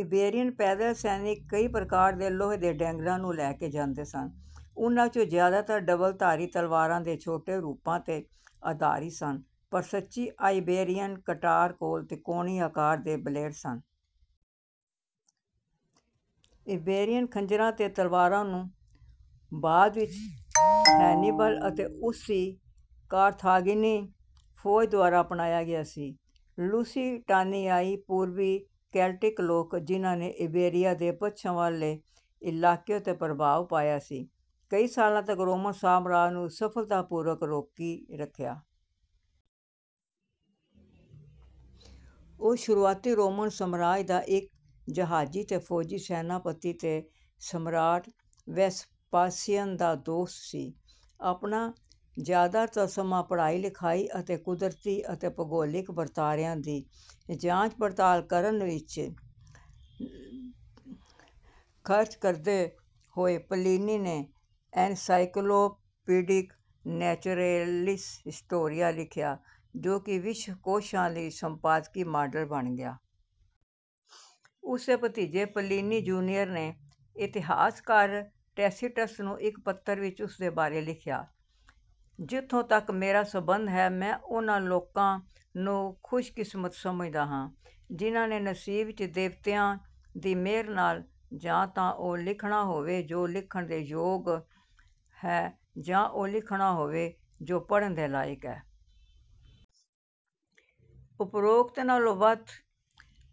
Iberian ਪੈਦਲ ਸੈਨਿਕ ਕਈ ਪ੍ਰਕਾਰ ਦੇ ਲੋਹੇ ਦੇ ਡੈਗਰਾਂ ਨੂੰ ਲੈ ਕੇ ਜਾਂਦੇ ਸਨ। ਉਨ੍ਹਾਂ ਵਿੱਚੋਂ ਜ਼ਿਆਦਾਤਰ ਡਬਲ-ਧਾਰੀ ਤਲਵਾਰਾਂ ਦੇ ਛੋਟੇ ਰੂਪਾਂ 'ਤੇ ਆਧਾਰਿਤ ਸਨ, ਪਰ ਸੱਚੀ ਆਇਬੇਰੀਅਨ ਕਟਾਰ ਕੋਲ ਤਿਕੋਣੀ ਆਕਾਰ ਦੇ ਬਲੇਡ ਸਨ। ਇਬੇਰੀਅਨ ਖੰਜਰਾਂ ਅਤੇ ਤਲਵਾਰਾਂ ਨੂੰ ਬਾਅਦ ਵਿੱਚ ਹੈਨੀਬਲ ਅਤੇ ਉਸ ਦੀ ਕਾਰਥਾਗਿਨੀ ਫੌਜ ਦੁਆਰਾ ਅਪਣਾਇਆ ਗਿਆ ਸੀ। ਲੂਸੀਟਾਨੀਆਈ, ਪੂਰਬੀ ਕੈਲਟਿਕ ਲੋਕ ਜਿਨ੍ਹਾਂ ਨੇ ਇਬੇਰੀਆ ਦੇ ਪੱਛਮ ਵਾਲੇ ਇਲਾਕੇ ਉੱਤੇ ਪ੍ਰਭਾਵ ਪਾਇਆ ਸੀ, ਕਈ ਸਾਲਾਂ ਤੱਕ ਰੋਮਨ ਸਾਮਰਾਜ ਨੂੰ ਸਫਲਤਾਪੂਰਵਕ ਰੋਕੀ ਰੱਖਿਆ। ਉਹ ਸ਼ੁਰੂਆਤੀ ਰੋਮਨ ਸਾਮਰਾਜ ਦਾ ਇੱਕ ਜਹਾਜ਼ੀ ਅਤੇ ਫੌਜੀ ਸੈਨਾਪਤੀ ਅਤੇ ਸਮਰਾਟ ਵੇਸਪਾਸੀਅਨ ਦਾ ਦੋਸਤ ਸੀ। ਆਪਣਾ ਜ਼ਿਆਦਾਤਰ ਸਮਾਂ ਪੜ੍ਹਾਈ, ਲਿਖਾਈ ਅਤੇ ਕੁਦਰਤੀ ਅਤੇ ਭੂਗੋਲਿਕ ਵਰਤਾਰਿਆਂ ਦੀ ਜਾਂਚ-ਪੜਤਾਲ ਕਰਨ ਵਿੱਚ ਖ਼ਰਚ ਕਰਦੇ ਹੋਏ, ਪਲੀਨੀ ਨੇ ਐਨਸਾਈਕਲੋਪੀਡਿਕ ਨੈਚੁਰੈਲਿਸ ਹਿਸਟੋਰੀਆ ਲਿਖਿਆ, ਜੋ ਕਿ ਵਿਸ਼ਵ ਕੋਸ਼ਾਂ ਲਈ ਸੰਪਾਦਕੀ ਮਾਡਲ ਬਣ ਗਿਆ। ਉਸ ਦੇ ਭਤੀਜੇ, ਪਲੀਨੀ ਜੂਨੀਅਰ ਨੇ ਇਤਿਹਾਸਕਾਰ ਟੈਸੀਟਸ ਨੂੰ ਇੱਕ ਪੱਤਰ ਵਿੱਚ ਉਸ ਬਾਰੇ ਲਿਖਿਆ: "ਜਿੱਥੋਂ ਤੱਕ ਮੇਰਾ ਸੰਬੰਧ ਹੈ, ਮੈਂ ਉਹਨਾਂ ਲੋਕਾਂ ਨੂੰ ਖੁਸ਼ਕਿਸਮਤ ਸਮਝਦਾ ਹਾਂ ਜਿਨ੍ਹਾਂ ਦੇ ਨਸੀਬ ਵਿੱਚ ਦੇਵਤਿਆਂ ਦੀ ਮਿਹਰ ਨਾਲ, ਜਾਂ ਤਾਂ ਉਹ ਲਿਖਣਾ ਹੋਵੇ ਜੋ ਲਿਖਣ ਦੇ ਯੋਗ ਹੈ, ਜਾਂ ਉਹ ਲਿਖਣਾ ਹੋਵੇ ਜੋ ਪੜ੍ਹਨ ਦੇ ਲਾਇਕ ਹੈ। ਉਪਰੋਕਤ ਨਾਲੋਂ ਵੱਧ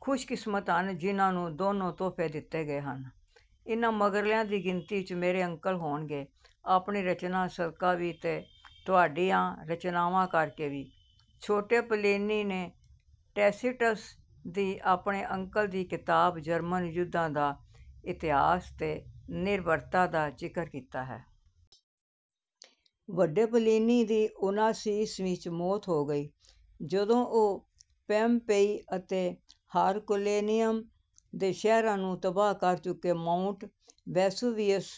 ਖੁਸ਼ਕਿਸਮਤ ਹਨ ਜਿਨ੍ਹਾਂ ਨੂੰ ਦੋਨੋਂ ਤੋਹਫ਼ੇ ਦਿੱਤੇ ਗਏ ਹਨ। ਇਨ੍ਹਾਂ ਮਗਰਲਿਆਂ ਦੀ ਗਿਣਤੀ ਚ ਮੇਰੇ ਅੰਕਲ ਹੋਣਗੇ, ਆਪਣੀ ਰਚਨਾ ਸਦਕਾ ਵੀ ਅਤੇ ਤੁਹਾਡੀਆਂ ਰਚਨਾਵਾਂ ਕਰਕੇ ਵੀ।" ਛੋਟੇ ਪਲੀਨੀ ਨੇ ਟੈਸੀਟਸ ਦੀ ਆਪਣੇ ਅੰਕਲ ਦੀ ਕਿਤਾਬ, ਜਰਮਨ ਯੁੱਧਾਂ ਦਾ ਇਤਿਹਾਸ 'ਤੇ ਨਿਰਭਰਤਾ ਦਾ ਜ਼ਿਕਰ ਕੀਤਾ ਹੈ। ਵੱਡੇ ਪਲੀਨੀ ਦੀ ਉਨ੍ਹਾਂਸੀ ਈਸਵੀ ਵਿੱਚ ਮੌਤ ਹੋ ਗਈ, ਜਦੋਂ ਉਹ ਪੋਮਪੇਈ ਅਤੇ ਹਰਕੁਲੇਨੀਅਮ ਦੇ ਸ਼ਹਿਰਾਂ ਨੂੰ ਤਬਾਹ ਕਰ ਚੁੱਕੇ ਮਾਊਂਟ ਵੇਸੂਵੀਅਸ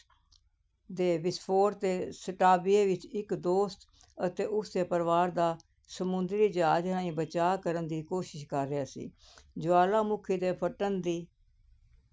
ਦੇ ਵਿਸਫੋਟ ਤੋਂ ਸਟਾਬੀਏ ਵਿੱਚ ਇੱਕ ਦੋਸਤ ਅਤੇ ਉਸ ਦੇ ਪਰਿਵਾਰ ਦਾ ਸਮੁੰਦਰੀ ਜਹਾਜ਼ ਰਾਹੀਂ ਬਚਾਅ ਕਰਨ ਦੀ ਕੋਸ਼ਿਸ਼ ਕਰ ਰਿਹਾ ਸੀ। ਜੁਆਲਾਮੁਖੀ ਦੇ ਫਟਣ ਦੀ